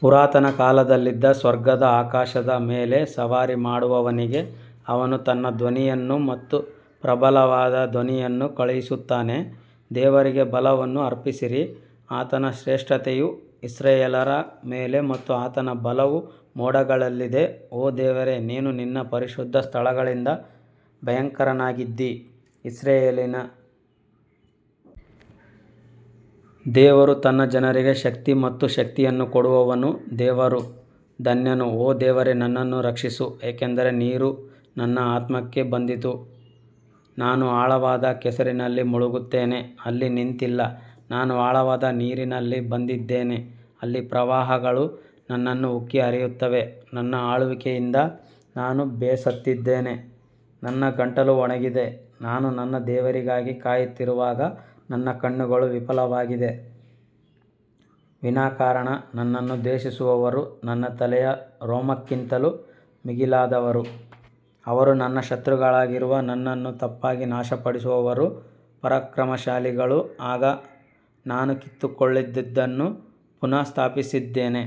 ಪುರಾತನ ಕಾಲದಲ್ಲಿದ್ದ ಸ್ವರ್ಗದ ಆಕಾಶದ ಮೇಲೆ ಸವಾರಿ ಮಾಡುವವನಿಗೆ ಅವನು ತನ್ನ ಧ್ವನಿಯನ್ನು ಮತ್ತು ಪ್ರಬಲವಾದ ಧ್ವನಿಯನ್ನು ಕಳುಹಿಸುತ್ತಾನೆ ದೇವರಿಗೆ ಬಲವನ್ನು ಅರ್ಪಿಸಿರಿ, ಆತನ ಶ್ರೇಷ್ಠತೆಯು ಇಸ್ರಾಯೇಲ್ಯರ ಮೇಲೆ ಮತ್ತು ಆತನ ಬಲವು ಮೋಡಗಳಲ್ಲಿದೆ ಓ ದೇವರೇ ನೀನು ನಿನ್ನ ಪರಿಶುದ್ಧ ಸ್ಥಳಗಳಿಂದ ಭಯಂಕರನಾಗಿದ್ದೀ, ಇಸ್ರಾಯೇಲಿನ ದೇವರು ತನ್ನ ಜನರಿಗೆ ಶಕ್ತಿ ಮತ್ತು ಶಕ್ತಿಯನ್ನು ಕೊಡುವವನು ದೇವರು ಧನ್ಯನು ಓ ದೇವರೇ ನನ್ನನ್ನು ರಕ್ಷಿಸು, ಏಕೆಂದರೆ ನೀರು ನನ್ನ ಆತ್ಮಕ್ಕೆ ಬಂದಿತು ನಾನು ಆಳವಾದ ಕೆಸರಿನಲ್ಲಿ ಮುಳುಗುತ್ತೇನೆ ಅಲ್ಲಿ ನಿಂತಿಲ್ಲ, ನಾನು ಆಳವಾದ ನೀರಿನಲ್ಲಿ ಬಂದಿದ್ದೇನೆ, ಅಲ್ಲಿ ಪ್ರವಾಹಗಳು ನನ್ನನ್ನು ಉಕ್ಕಿ ಹರಿಯುತ್ತವೆ ನನ್ನ ಅಳುವಿಕೆಯಿಂದ ನಾನು ಬೇಸತ್ತಿದ್ದೇನೆ, ನನ್ನ ಗಂಟಲು ಒಣಗಿದೆ, ನಾನು ನನ್ನ ದೇವರಿಗಾಗಿ ಕಾಯುತ್ತಿರುವಾಗ ನನ್ನ ಕಣ್ಣುಗಳು ವಿಫಲವಾಗಿವೆ ವಿನಾಕಾರಣ ನನ್ನನ್ನು ದ್ವೇಷಿಸುವವರು ನನ್ನ ತಲೆಯ ರೋಮಕ್ಕಿಂತಲೂ ಮಿಗಿಲಾದವರು, ಅವರು ನನ್ನ ಶತ್ರುಗಳಾಗಿರುವ ನನ್ನನ್ನು ತಪ್ಪಾಗಿ ನಾಶಪಡಿಸುವವರು ಪರಾಕ್ರಮಶಾಲಿಗಳು ಆಗ ನಾನು ಕಿತ್ತುಕೊಳ್ಳದಿದ್ದನ್ನು ಪುನಃಸ್ಥಾಪಿಸಿದ್ದೇನೆ.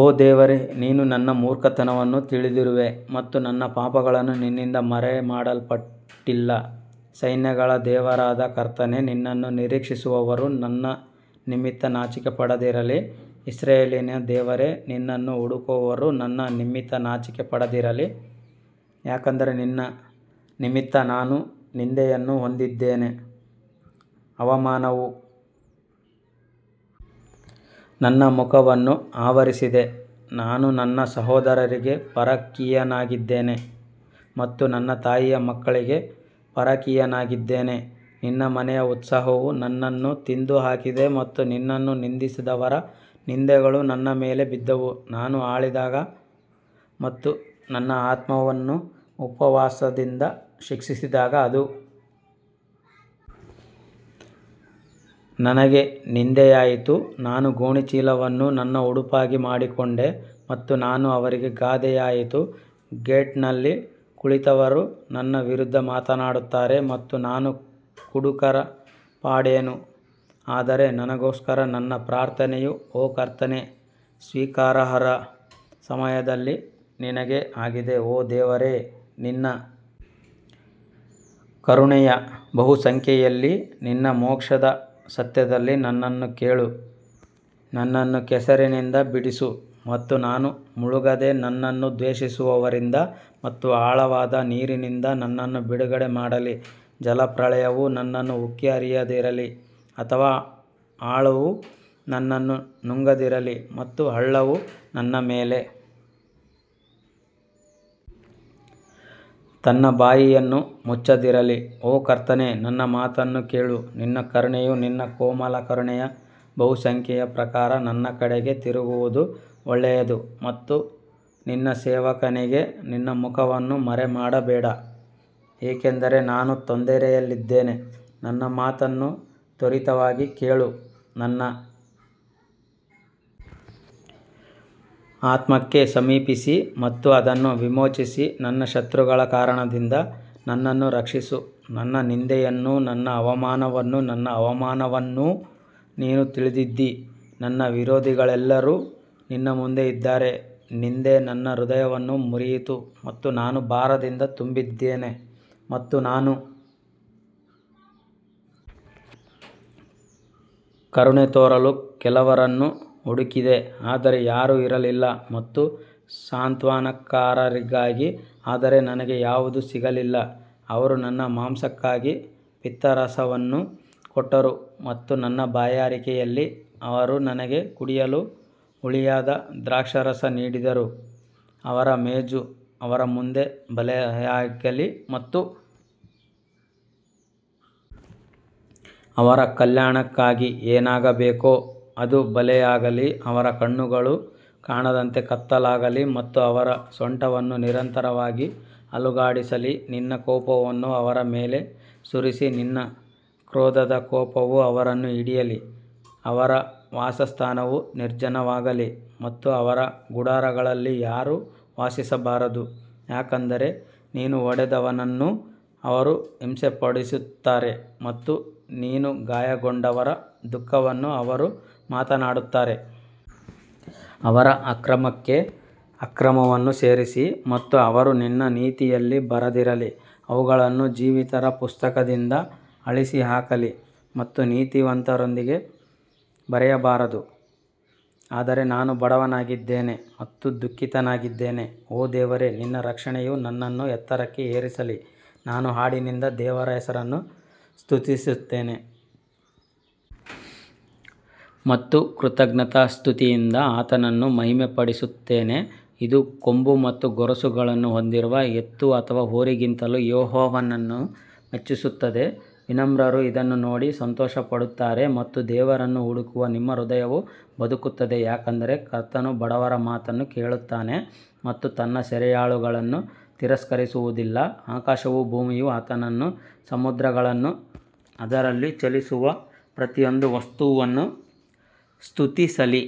ಓ ದೇವರೇ ನೀನು ನನ್ನ ಮೂರ್ಖತನವನ್ನು ತಿಳಿದಿರುವೆ ಮತ್ತು ನನ್ನ ಪಾಪಗಳು ನಿನ್ನಿಂದ ಮರೆಮಾಡಲ್ಪಟ್ಟಿಲ್ಲ ಸೈನ್ಯಗಳ ದೇವರಾದ ಕರ್ತನೇ, ನಿನ್ನನ್ನು ನಿರೀಕ್ಷಿಸುವವರು ನನ್ನ ನಿಮಿತ್ತ ನಾಚಿಕೆಪಡದಿರಲಿ, ಇಸ್ರಾಯೇಲಿನ ದೇವರೇ, ನಿನ್ನನ್ನು ಹುಡುಕುವವರು ನನ್ನ ನಿಮಿತ್ತ ನಾಚಿಕೆಪಡದಿರಲಿ. ಯಾಕಂದರೆ ನಿನ್ನ ನಿಮಿತ್ತ ನಾನು ನಿಂದೆಯನ್ನು ಹೊಂದಿದ್ದೇನೆ, ಅವಮಾನವು ನನ್ನ ಮುಖವನ್ನು ಆವರಿಸಿದೆ ನಾನು ನನ್ನ ಸಹೋದರರಿಗೆ ಪರಕೀಯನಾಗಿದ್ದೇನೆ ಮತ್ತು ನನ್ನ ತಾಯಿಯ ಮಕ್ಕಳಿಗೆ ಪರಕೀಯನಾಗಿದ್ದೇನೆ ನಿನ್ನ ಮನೆಯ ಉತ್ಸಾಹವು ನನ್ನನ್ನು ತಿಂದು ಹಾಕಿದೆ ಮತ್ತು ನಿನ್ನನ್ನು ನಿಂದಿಸಿದವರ ನಿಂದೆಗಳು ನನ್ನ ಮೇಲೆ ಬಿದ್ದವು ನಾನು ಅಳಿದಾಗ ಮತ್ತು ನನ್ನ ಆತ್ಮವನ್ನು ಉಪವಾಸದಿಂದ ಶಿಕ್ಷಿಸಿದಾಗ ಅದು ನನಗೆ ನಿಂದೆಯಾಯಿತು ನಾನು ಗೋಣಿಚೀಲವನ್ನು ನನ್ನ ಉಡುಪಾಗಿ ಮಾಡಿಕೊಂಡೆ ಮತ್ತು ನಾನು ಅವರಿಗೆ ಗಾದೆಯಾಯಿತು ಗೇಟ್ನಲ್ಲಿ ಕುಳಿತವರು ನನ್ನ ವಿರುದ್ಧ ಮಾತನಾಡುತ್ತಾರೆ ಮತ್ತು ನಾನು ಕುಡುಕರ ಪಾಡೇನು ಆದರೆ ನನಗೋಸ್ಕರ ನನ್ನ ಪ್ರಾರ್ಥನೆಯು ಓ ಕರ್ತನೇ ಸ್ವೀಕಾರಾರ್ಹ ಸಮಯದಲ್ಲಿ ನಿನಗೆ ಆಗಿದೆ ಓ ದೇವರೇ ನಿನ್ನ ಕರುಣೆಯ ಬಹುಸಂಖ್ಯೆಯಲ್ಲಿ ನಿನ್ನ ಮೋಕ್ಷದ ಸತ್ಯದಲ್ಲಿ ನನ್ನನ್ನು ಕೇಳು ನನ್ನನ್ನು ಕೆಸರಿನಿಂದ ಬಿಡಿಸು ಮತ್ತು ನಾನು ಮುಳುಗದೆ ನನ್ನನ್ನು ದ್ವೇಷಿಸುವವರಿಂದ ಮತ್ತು ಆಳವಾದ ನೀರಿನಿಂದ ನನ್ನನ್ನು ಬಿಡುಗಡೆ ಮಾಡಲಿ ಜಲಪ್ರಳಯವು ನನ್ನನ್ನು ಉಕ್ಕಿ ಹರಿಯದಿರಲಿ ಅಥವಾ ಆಳವು ನನ್ನನ್ನು ನುಂಗದಿರಲಿ ಮತ್ತು ಹಳ್ಳವು ನನ್ನ ಮೇಲೆ ತನ್ನ ಬಾಯಿಯನ್ನು ಮುಚ್ಚದಿರಲಿ ಓ ಕರ್ತನೇ ನನ್ನ ಮಾತನ್ನು ಕೇಳು ನಿನ್ನ ಕರುಣೆಯು ನಿನ್ನ ಕೋಮಲ ಕರುಣೆಯ ಬಹುಸಂಖ್ಯೆಯ ಪ್ರಕಾರ ನನ್ನ ಕಡೆಗೆ ತಿರುಗುವುದು ಒಳ್ಳೆಯದು ಮತ್ತು ನಿನ್ನ ಸೇವಕನಿಗೆ ನಿನ್ನ ಮುಖವನ್ನು ಮರೆಮಾಡಬೇಡ ಏಕೆಂದರೆ ನಾನು ತೊಂದರೆಯಲ್ಲಿದ್ದೇನೆ, ನನ್ನ ಮಾತನ್ನು ತ್ವರಿತವಾಗಿ ಕೇಳು ನನ್ನ ಆತ್ಮಕ್ಕೆ ಸಮೀಪಿಸಿ ಮತ್ತು ಅದನ್ನು ವಿಮೋಚಿಸಿ ನನ್ನ ಶತ್ರುಗಳ ಕಾರಣದಿಂದ ನನ್ನನ್ನು ರಕ್ಷಿಸು ನನ್ನ ನಿಂದೆಯನ್ನೂ ನನ್ನ ಅವಮಾನವನ್ನೂ ನನ್ನ ಅವಮಾನವನ್ನೂ ನೀನು ತಿಳಿದಿದ್ದೀ ನನ್ನ ವಿರೋಧಿಗಳೆಲ್ಲರೂ ನಿನ್ನ ಮುಂದೆ ಇದ್ದಾರೆ ನಿಂದೆ ನನ್ನ ಹೃದಯವನ್ನು ಮುರಿಯಿತು ಮತ್ತು ನಾನು ಭಾರದಿಂದ ತುಂಬಿದ್ದೇನೆ ಮತ್ತು ನಾನು ಕರುಣೆ ತೋರಲು ಕೆಲವರನ್ನು ಹುಡುಕಿದೆ ಆದರೆ ಯಾರೂ ಇರಲಿಲ್ಲ ಮತ್ತು ಸಾಂತ್ವನಕಾರರಿಗಾಗಿ ಆದರೆ ನನಗೆ ಯಾವುದೂ ಸಿಗಲಿಲ್ಲ ಅವರು ನನ್ನ ಮಾಂಸಕ್ಕಾಗಿ ಪಿತ್ತರಸವನ್ನೂ ಕೊಟ್ಟರು ಮತ್ತು ನನ್ನ ಬಾಯಾರಿಕೆಯಲ್ಲಿ ಅವರು ನನಗೆ ಕುಡಿಯಲು ಹುಳಿಯಾದ ದ್ರಾಕ್ಷಾರಸ ನೀಡಿದರು ಅವರ ಮೇಜು ಅವರ ಮುಂದೆ ಬಲೆಯಾಗಲಿ ಮತ್ತು ಅವರ ಕಲ್ಯಾಣಕ್ಕಾಗಿ ಏನಾಗಬೇಕೋ ಅದು ಬಲೆಯಾಗಲಿ ಅವರ ಕಣ್ಣುಗಳು ಕಾಣದಂತೆ ಕತ್ತಲಾಗಲಿ ಮತ್ತು ಅವರ ಸೊಂಟವನ್ನು ನಿರಂತರವಾಗಿ ಅಲುಗಾಡಿಸಲಿ ನಿನ್ನ ಕೋಪವನ್ನು ಅವರ ಮೇಲೆ ಸುರಿಸಿ ನಿನ್ನ ಕ್ರೋಧದ ಕೋಪವು ಅವರನ್ನು ಹಿಡಿಯಲಿ ಅವರ ವಾಸಸ್ಥಾನವು ನಿರ್ಜನವಾಗಲಿ ಮತ್ತು ಅವರ ಗುಡಾರಗಳಲ್ಲಿ ಯಾರೂ ವಾಸಿಸಬಾರದು ಯಾಕಂದರೆ ನೀನು ಹೊಡೆದವನನ್ನು ಅವರು ಹಿಂಸೆಪಡಿಸುತ್ತಾರೆ ಮತ್ತು ನೀನು ಗಾಯಗೊಂಡವರ ದುಃಖವನ್ನು ಅವರು ಮಾತನಾಡುತ್ತಾರೆ. ಅವರ ಅಕ್ರಮಕ್ಕೆ ಅಕ್ರಮವನ್ನು ಸೇರಿಸಿ ಮತ್ತು ಅವರು ನಿನ್ನ ನೀತಿಯಲ್ಲಿ ಬರದಿರಲಿ ಅವುಗಳನ್ನು ಜೀವಿತರ ಪುಸ್ತಕದಿಂದ ಅಳಿಸಿಹಾಕಲಿ ಮತ್ತು ನೀತಿವಂತರೊಂದಿಗೆ ಬರೆಯಬಾರದು ಆದರೆ ನಾನು ಬಡವನಾಗಿದ್ದೇನೆ ಮತ್ತು ದುಃಖಿತನಾಗಿದ್ದೇನೆ, ಓ ದೇವರೇ ನಿನ್ನ ರಕ್ಷಣೆಯು ನನ್ನನ್ನು ಎತ್ತರಕ್ಕೆ ಏರಿಸಲಿ ನಾನು ಹಾಡಿನಿಂದ ದೇವರ ಹೆಸರನ್ನು ಸ್ತುತಿಸುತ್ತೇನೆ ಮತ್ತು ಕೃತಜ್ಞತಾಸ್ತುತಿಯಿಂದ ಆತನನ್ನು ಮಹಿಮೆಪಡಿಸುತ್ತೇನೆ ಇದು ಕೊಂಬು ಮತ್ತು ಗೊರಸುಗಳನ್ನು ಹೊಂದಿರುವ ಎತ್ತು ಅಥವಾ ಹೋರಿಗಿಂತಲೂ ಯೆಹೋವನನ್ನು ಮೆಚ್ಚಿಸುತ್ತದೆ ವಿನಮ್ರರು ಇದನ್ನು ನೋಡಿ ಸಂತೋಷಪಡುತ್ತಾರೆ ಮತ್ತು ದೇವರನ್ನು ಹುಡುಕುವ ನಿಮ್ಮ ಹೃದಯವು ಬದುಕುತ್ತದೆ ಯಾಕಂದರೆ ಕರ್ತನು ಬಡವರ ಮಾತನ್ನು ಕೇಳುತ್ತಾನೆ ಮತ್ತು ತನ್ನ ಸೆರೆಯಾಳುಗಳನ್ನು ತಿರಸ್ಕರಿಸುವುದಿಲ್ಲ ಆಕಾಶವೂ ಭೂಮಿಯೂ ಆತನನ್ನು ಸಮುದ್ರಗಳನ್ನೂ ಅದರಲ್ಲಿ ಚಲಿಸುವ ಪ್ರತಿಯೊಂದು ವಸ್ತುವನ್ನೂ ಸ್ತುತಿಸಲಿ.